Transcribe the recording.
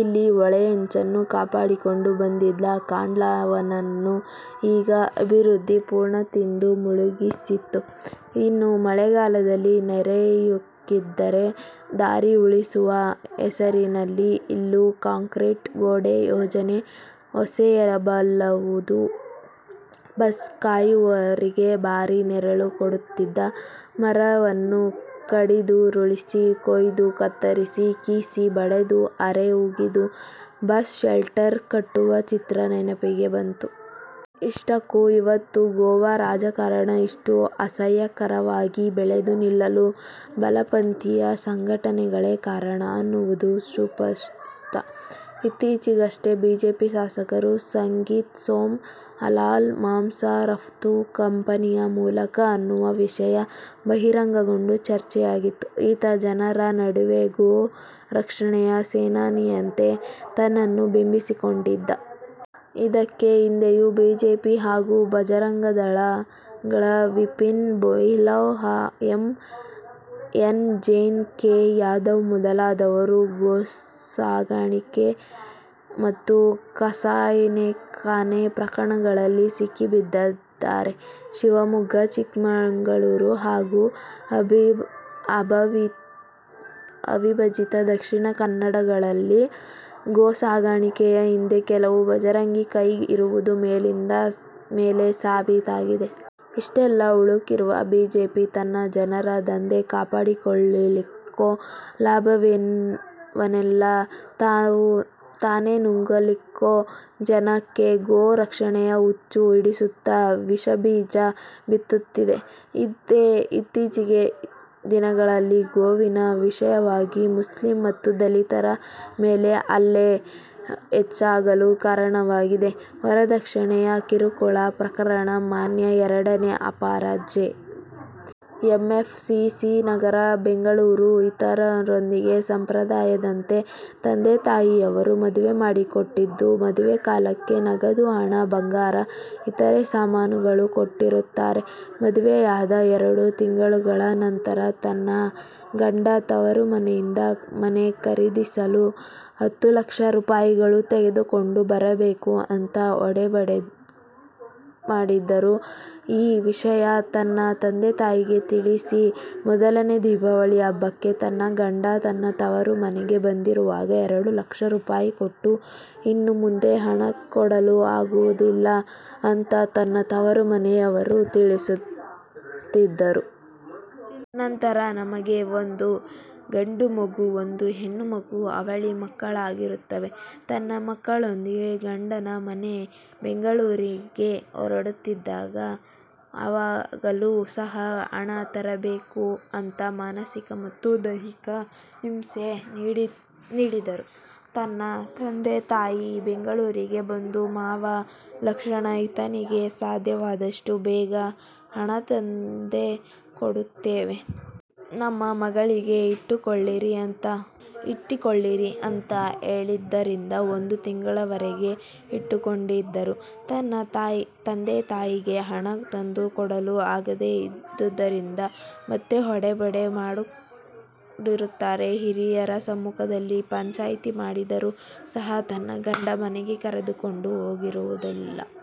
ಇಲ್ಲಿ ಹೊಳೆಯಂಚನ್ನು ಕಾಪಾಡಿಕೊಂಡು ಬಂದಿದ್ದ ಕಾಂಡ್ಲಾವನನ್ನು ಈಗ 'ಅಭಿವೃದ್ಧಿ' ಪೂರ್ಣ ತಿಂದು ಮುಗಿಸಿತ್ತು. ಇನ್ನು ಮಳೆಗಾಲದಲ್ಲಿ ನೆರೆಯುಕ್ಕಿದರೆ 'ದಾರಿ ಉಳಿಸುವ' ಹೆಸರಿನಲ್ಲಿ ಇಲ್ಲೂ ಕಾಂಕ್ರೀಟ್ ಗೋಡೆ ಯೋಜನೆ ಹೊಸೆಯಬಹುದಲ್ಲ. ಬಸ್ಸು ಕಾಯುವವರಿಗೆ ಭಾರೀ ನೆರಳು ಕೊಡುತ್ತಿದ್ದ ಮರವನ್ನು ಕಡಿದುರುಳಿಸಿ, ಕೊಯ್ದು, ಕತ್ತರಿಸಿ, ಕೀಸಿ, ಬಡಿದು, ಅರೆ ಹುಗಿದು 'ಬಸ್ ಶೆಲ್ಟರ್' ಕಟ್ಟುವ ಚಿತ್ರ ನೆನಪಿಗೆ ಬಂತು. ಇಷ್ಟಕ್ಕೂ ಇವತ್ತು ಗೋವು ರಾಜಕಾರಣ ಇಷ್ಟು ಅಸಹ್ಯಕರವಾಗಿ ಬೆಳೆದು ನಿಲ್ಲಲು ಬಲಪಂಥೀಯ ಸಂಘಟನೆಗಳೇ ಕಾರಣ ಅನ್ನೋದು ಸುಸ್ಪಷ್ಟ. ಇತ್ತೀಚೆಗಷ್ಟೆ ಬಿಜೆಪಿ ಶಾಸಕ ಸಂಗೀತ್ ಸೋಮ್, ಹಲಾಲ್ ಮಾಂಸ ರಫ್ತು ಕಂಪನಿಯ ಮಾಲಕ ಅನ್ನುವ ವಿಷಯ ಬಹಿರಂಗಗೊಂಡು ಚರ್ಚೆಯಾಗಿತ್ತು. ಈತ ಜನರ ನಡುವೆ ಗೋರಕ್ಷಣೆಯ ಸೇನಾನಿಯಂತೆ ತನ್ನನ್ನು ಬಿಂಬಿಸಿಕೊಂಡಿದ್ದ! ಇದಕ್ಕೆ ಹಿಂದೆಯೂ ಬಿಜೆಪಿ ಹಾಗೂ ಭಜರಂಗದಳಗಳ Vipin Bilauha, M N Jain, K. Yadav ಮೊದಲಾದವರು ಗೋಸಾಗಾಣಿಕೆ ಮತ್ತು ಕಸಾಯಿಖಾನೆ ಪ್ರಕರಣಗಳಲ್ಲಿ ಸಿಕ್ಕಿಬಿದ್ದಿದ್ದಾರೆ. ಶಿವಮೊಗ್ಗ, ಚಿಕ್ಕಮಗಳೂರು ಹಾಗೂ ಅವಿಭಜಿತ ದಕ್ಷಿಣ ಕನ್ನಡ ಜಿಲ್ಲೆಗಳಲ್ಲಿ ಗೋಸಾಗಾಣಿಕೆಯ ಹಿಂದೆ ಕೆಲವು ಭಜರಂಗಿಗಳ ಕೈ ಇರುವುದು ಮೇಲಿಂದ ಮೇಲೆ ಸಾಬೀತಾಗಿದೆ. ಇಷ್ಟೆಲ್ಲ ಹುಳುಕಿರುವ ಬಿಜೆಪಿ, ತನ್ನ ಜನರ ಧಂಧೆ ಕಾಪಾಡಿಕೊಳ್ಳಲಿಕ್ಕೋ ಲಾಭವನ್ನೆಲ್ಲ ತಾನೇ ನುಂಗಲಿಕ್ಕೋ, ಜನಕ್ಕೆ 'ಗೋರಕ್ಷಣೆಯ' ಹುಚ್ಚು ಹಿಡಿಸುತ್ತಾ ವಿಷಬೀಜ ಬಿತ್ತುತ್ತಿದೆ. ಇದೇ ಇತ್ತೀಚಿನ ದಿನಗಳಲ್ಲಿ ಗೋವಿನ ವಿಷಯವಾಗಿ ಮುಸ್ಲಿಮ್ ಮತ್ತು ದಲಿತರ ಮೇಲೆ ಹಲ್ಲೆ ಹೆಚ್ಚಾಗಲು ಕಾರಣವಾಗಿದೆ. ವರದಕ್ಷಿಣೆ ಕಿರುಕುಳ ಪ್ರಕರಣ:ಮಾನ್ಯ ಎರಡನೇ ಅಪರ J. M. F. C. C. ನಗರ ಬೆಂಗಳೂರು ಇತನೊಂದಿಗೆ ಸಂಪ್ರದಾಯದಂತೆ ತಂದೆ ತಾಯಿಯವರು ಮದುವೆ ಮಾಡಿಕೊಟ್ಟಿದ್ದು, ಮದುವೆ ಕಾಲಕ್ಕೆ ನಗದು ಹಣ ಬಂಗಾರ ಇತರೆ ಸಾಮಾನುಗಳು ಕೊಟ್ಟಿರುತ್ತಾರೆ. ಮದುವೆಯಾದ ಎರಡು ತಿಂಗಳ ನಂತರ ನನ್ನ ಗಂಡ ತವರು ಮನೆಯಿಂದ ಮನೆ ಖರೀದಿಸಲು ಹತ್ತು ಲಕ್ಷ ರೂಪಾಯಿಗಳು ತೆಗೆದುಕೊಂಡು ಬರಬೇಕು ಅಂತಾ ಹೊಡೆಬಡೆ ಮಾಡಿದ್ದರು, ಈ ವಿಷಯ ತನ್ನ ತಂದೆ ತಾಯಿಗೆ ತಿಳಿಸಿ, ಮೊದಲನೇ ದೀಪಾವಳಿ ಹಬ್ಬಕ್ಕೆ ನನ್ನ ಗಂಡ ನನ್ನ ತವರು ಮನೆಗೆ ಬಂದಿರುವಾಗ ಎರಡು ಲಕ್ಷ ರೂಪಾಯಿ ಕೊಟ್ಟು, ಇನ್ನೂ ಮುಂದೆ ಹಣ ಕೊಡಲು ಆಗುವದಿಲ್ಲ ಅಂತಾ ನನ್ನ ತವರು ಮನೆಯವರು ತಿಳಿಸಿದ್ದರು. ನಂತರ ನಮಗೆ ಒಂದು ಗಂಡು ಮಗು ಒಂದು ಹೆಣ್ಣು ಮಗು ಅವಳಿ ಮಕ್ಕಳಾಗಿರುತ್ತವೆ. ನನ್ನ ಮಕ್ಕಳೊಂದಿಗೆ ಗಂಡನ ಮನೆ ಬೆಂಗಳೂರಿಗೆ ಹೋಗಿದ್ದಾಗ ಆವಾಗಲೂ ಸಹ ಹಣ ತರಬೇಕು ಅಂತಾ ಮಾನಸಿಕ ಮತ್ತು ದೈಹಿಕ ಹಿಂಸೆ ನೀಡಿದರೂ. ನನ್ನ ತಂದೆ ತಾಯಿ ಬೆಂಗಳೂರಿಗೆ ಬಂದು ಮಾವ ಲಕ್ಷಣ ಇತನಿಗೆ ಸಾದ್ಯವಾದಷ್ಟು ಬೇಗ ಹಣ ತಂದೆ ಕೊಡುತ್ತೇವೆ. ನಮ್ಮ ಮಗಳಿಗೆ ಇಟ್ಟುಕೊಳ್ಳಿರಿ ಅಂತಾ ಹೇಳಿದ್ದರಿಂದ ಒಂದು ತಿಂಗಳವರೆಗೆ ಇಟ್ಟುಕೊಂಡಿದ್ದರು. ನನ್ನ ತಂದೆ ತಾಯಿಗೆ ಹಣ ತಂದು ಕೊಡಲು ಆಗದೇ ಇದ್ದುದರಿಂದ, ಮತ್ತೆ ಹೊಡೆ ಬಡೆ ಮಾಡಿರುತ್ತಾರೆ. ಹಿರಿಯರ ಸಮ್ಮುಖದಲ್ಲಿ ಪಂಚಾಯಿತಿ ಮಾಡಿದ್ದರು ಸಹ ನನ್ನ ಗಂಡ ಮನೆಗೆ ಕರೆದುಕೊಂಡು ಹೋಗಿರುವದಿಲ್ಲ.